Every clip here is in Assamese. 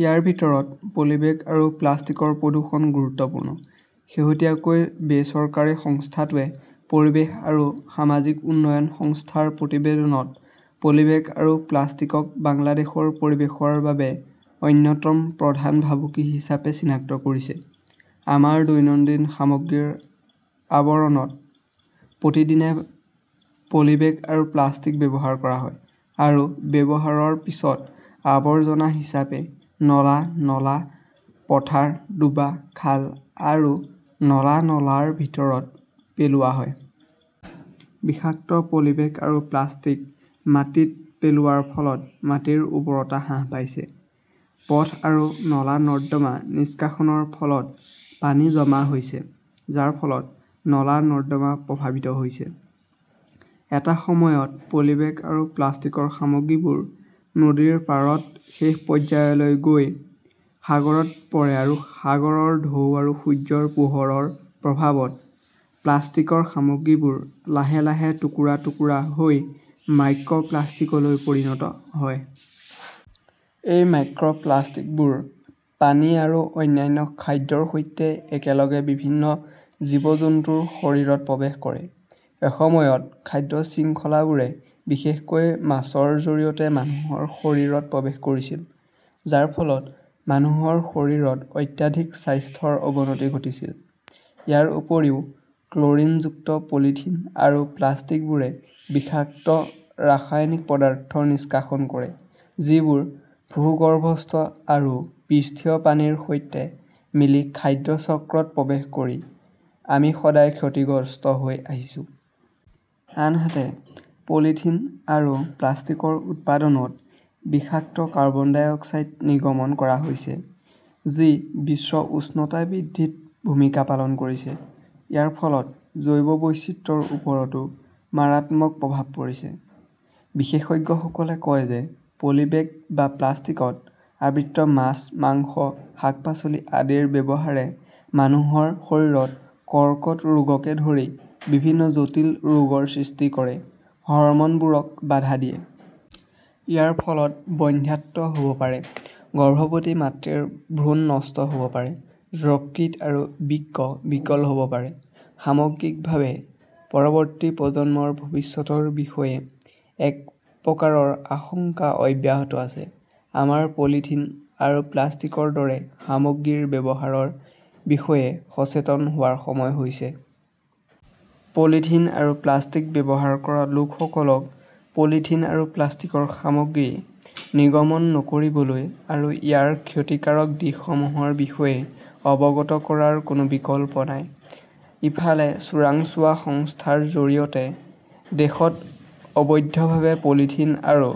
ইয়াৰ ভিতৰত পলিবেগ আৰু প্লাষ্টিকৰ প্ৰদূষণ গুৰুত্বপূৰ্ণ। শেহতীয়াকৈ বেচৰকাৰী সংস্থাটোৱে পৰিৱেশ আৰু সামাজিক উন্নয়ন সংস্থাৰ প্ৰতিবেদনত পলিবেগ আৰু প্লাষ্টিকক বাংলাদেশৰ পৰিৱেশৰ বাবে অন্যতম প্ৰধান ভাবুকি হিচাপে চিনাক্ত কৰিছে। আমাৰ দৈনন্দিন সামগ্ৰীৰ আৱৰণত প্ৰতিদিনে পলি বেগ আৰু প্লাষ্টিক ব্যৱহাৰ কৰা হয় আৰু ব্যৱহাৰৰ পিছত আৱৰ্জনা হিচাপে নলা-নলা, পথাৰ, ডুৱা, খাল আৰু নলা-নলাৰ ভিতৰত পেলোৱা হয়। বিষাক্ত পলিবেগ আৰু প্লাষ্টিক মাটিত পেলোৱাৰ ফলত মাটিৰ উৰ্বৰতা হ্ৰাস পাইছে। পথ আৰু নলা-নৰ্দমা নিষ্কাশনৰ ফলত পানী জমা হৈছে, যাৰ ফলত নলা-নৰ্দমা প্ৰভাৱিত হৈছে। এটা সময়ত পলিবেগ আৰু প্লাষ্টিকৰ সামগ্ৰীবোৰ নদীৰ পাৰত শেষ পৰ্যায়লৈ গৈ সাগৰত পৰে আৰু সাগৰৰ ঢৌ আৰু সূৰ্যৰ পোহৰৰ প্ৰভাৱত প্লাষ্টিকৰ সামগ্ৰীবোৰ লাহে লাহে টুকুৰা-টুকুৰা হৈ মাইক্ৰ'প্লাষ্টিকলৈ পৰিণত হয়। এই মাইক্ৰ 'প্লাষ্টিকবোৰ পানী আৰু অন্যান্য খাদ্যৰ সৈতে একেলগে বিভিন্ন জীৱ-জন্তুৰ শৰীৰত প্ৰৱেশ কৰে। এসময়ত খাদ্য শৃংখলাবোৰে বিশেষকৈ মাছৰ জৰিয়তে মানুহৰ শৰীৰত প্ৰৱেশ কৰিছিল, যাৰ ফলত মানুহৰ শৰীৰত অত্যাধিক স্বাস্থ্যৰ অৱনতি ঘটিছিল। ইয়াৰ উপৰিও, ক্ল'ৰিনযুক্ত পলিথিন আৰু প্লাষ্টিকবোৰে বিষাক্ত ৰাসায়নিক পদাৰ্থ নিষ্কাশন কৰে, যিবোৰ ভূগৰ্ভস্থ আৰু পৃষ্ঠীয় পানীৰ সৈতে মিলি খাদ্য চক্ৰত প্ৰৱেশ কৰি আমি সদায় ক্ষতিগ্ৰস্ত হৈ আহিছো। আনহাতে পলিথিন আৰু প্লাষ্টিকৰ উৎপাদনত বিষাক্ত কাৰ্বন ডাই অক্সাইড নিৰ্গমন কৰা হৈছে, যি বিশ্ব উষ্ণতা বৃদ্ধিত ভূমিকা পালন কৰিছে। ইয়াৰ ফলত জৈৱ বৈচিত্ৰ্যৰ ওপৰতো মাৰাত্মক প্ৰভাৱ পৰিছে। বিশেষজ্ঞসকলে কয় যে পলিবেগ বা প্লাষ্টিকত আবৃত মাছ, মাংস, শাক-পাচলি আদিৰ ব্যৱহাৰে মানুহৰ শৰীৰত কৰ্কট ৰোগকে ধৰি বিভিন্ন জটিল ৰোগৰ সৃষ্টি কৰে, হৰম'নবোৰক বাধা দিয়ে। ইয়াৰ ফলত বন্ধ্যাত্ব হ'ব পাৰে, গৰ্ভৱতী মাতৃৰ ভ্ৰূণ নষ্ট হ'ব পাৰে, যকৃত আৰু বৃক্ক বিকল হ'ব পাৰে। সামগ্ৰিকভাৱে, পৰৱৰ্তী প্ৰজন্মৰ ভৱিষ্যতৰ বিষয়ে এক প্ৰকাৰৰ আশংকা অব্যাহত আছে। আমাৰ পলিথিন আৰু প্লাষ্টিকৰ দৰে সামগ্ৰীৰ ব্যৱহাৰৰ বিষয়ে সচেতন হোৱাৰ সময় হৈছে। পলিথিন আৰু প্লাষ্টিক ব্যৱহাৰ কৰা লোকসকলক পলিথিন আৰু প্লাষ্টিকৰ সামগ্ৰী নিৰ্গমন নকৰিবলৈ আৰু ইয়াৰ ক্ষতিকাৰক দিশসমূহৰ বিষয়ে অৱগত কৰাৰ কোনো বিকল্প নাই। ইফালে, চোৰাংচোৱা সংস্থাৰ জৰিয়তে দেশত অবৈধভাৱে পলিথিন আৰু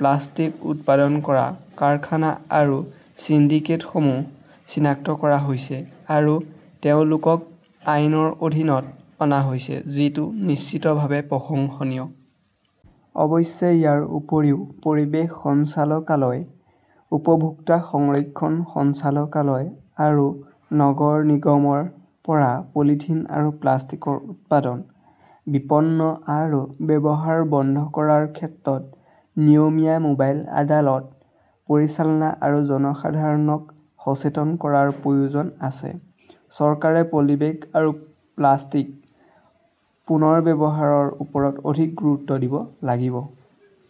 প্লাষ্টিক উৎপাদন কৰা কাৰখানা আৰু সিন্ডিকেটসমূহ চিনাক্ত কৰা হৈছে আৰু তেওঁলোকক আইনৰ অধীনত অনা হৈছে, যিটো নিশ্চিতভাৱে প্ৰশংসনীয়। অৱশ্যে ইয়াৰ উপৰিও পৰিৱেশ সঞ্চালকালয়, উপভোক্তা সংৰক্ষণ সঞ্চালকালয় আৰু নগৰ নিগমৰ পৰা পলিথিন আৰু প্লাষ্টিকৰ উৎপাদন, বিপণন আৰু ব্যৱহাৰ বন্ধ কৰাৰ ক্ষেত্ৰত নিয়মীয়া মোবাইল আদালত পৰিচালনা আৰু জনসাধাৰণক সচেতন কৰাৰ প্ৰয়োজন আছে। চৰকাৰে পলিবেগ আৰু প্লাষ্টিক পুনৰ্ব্যৱহাৰৰ ওপৰত অধিক গুৰুত্ব দিব লাগিব।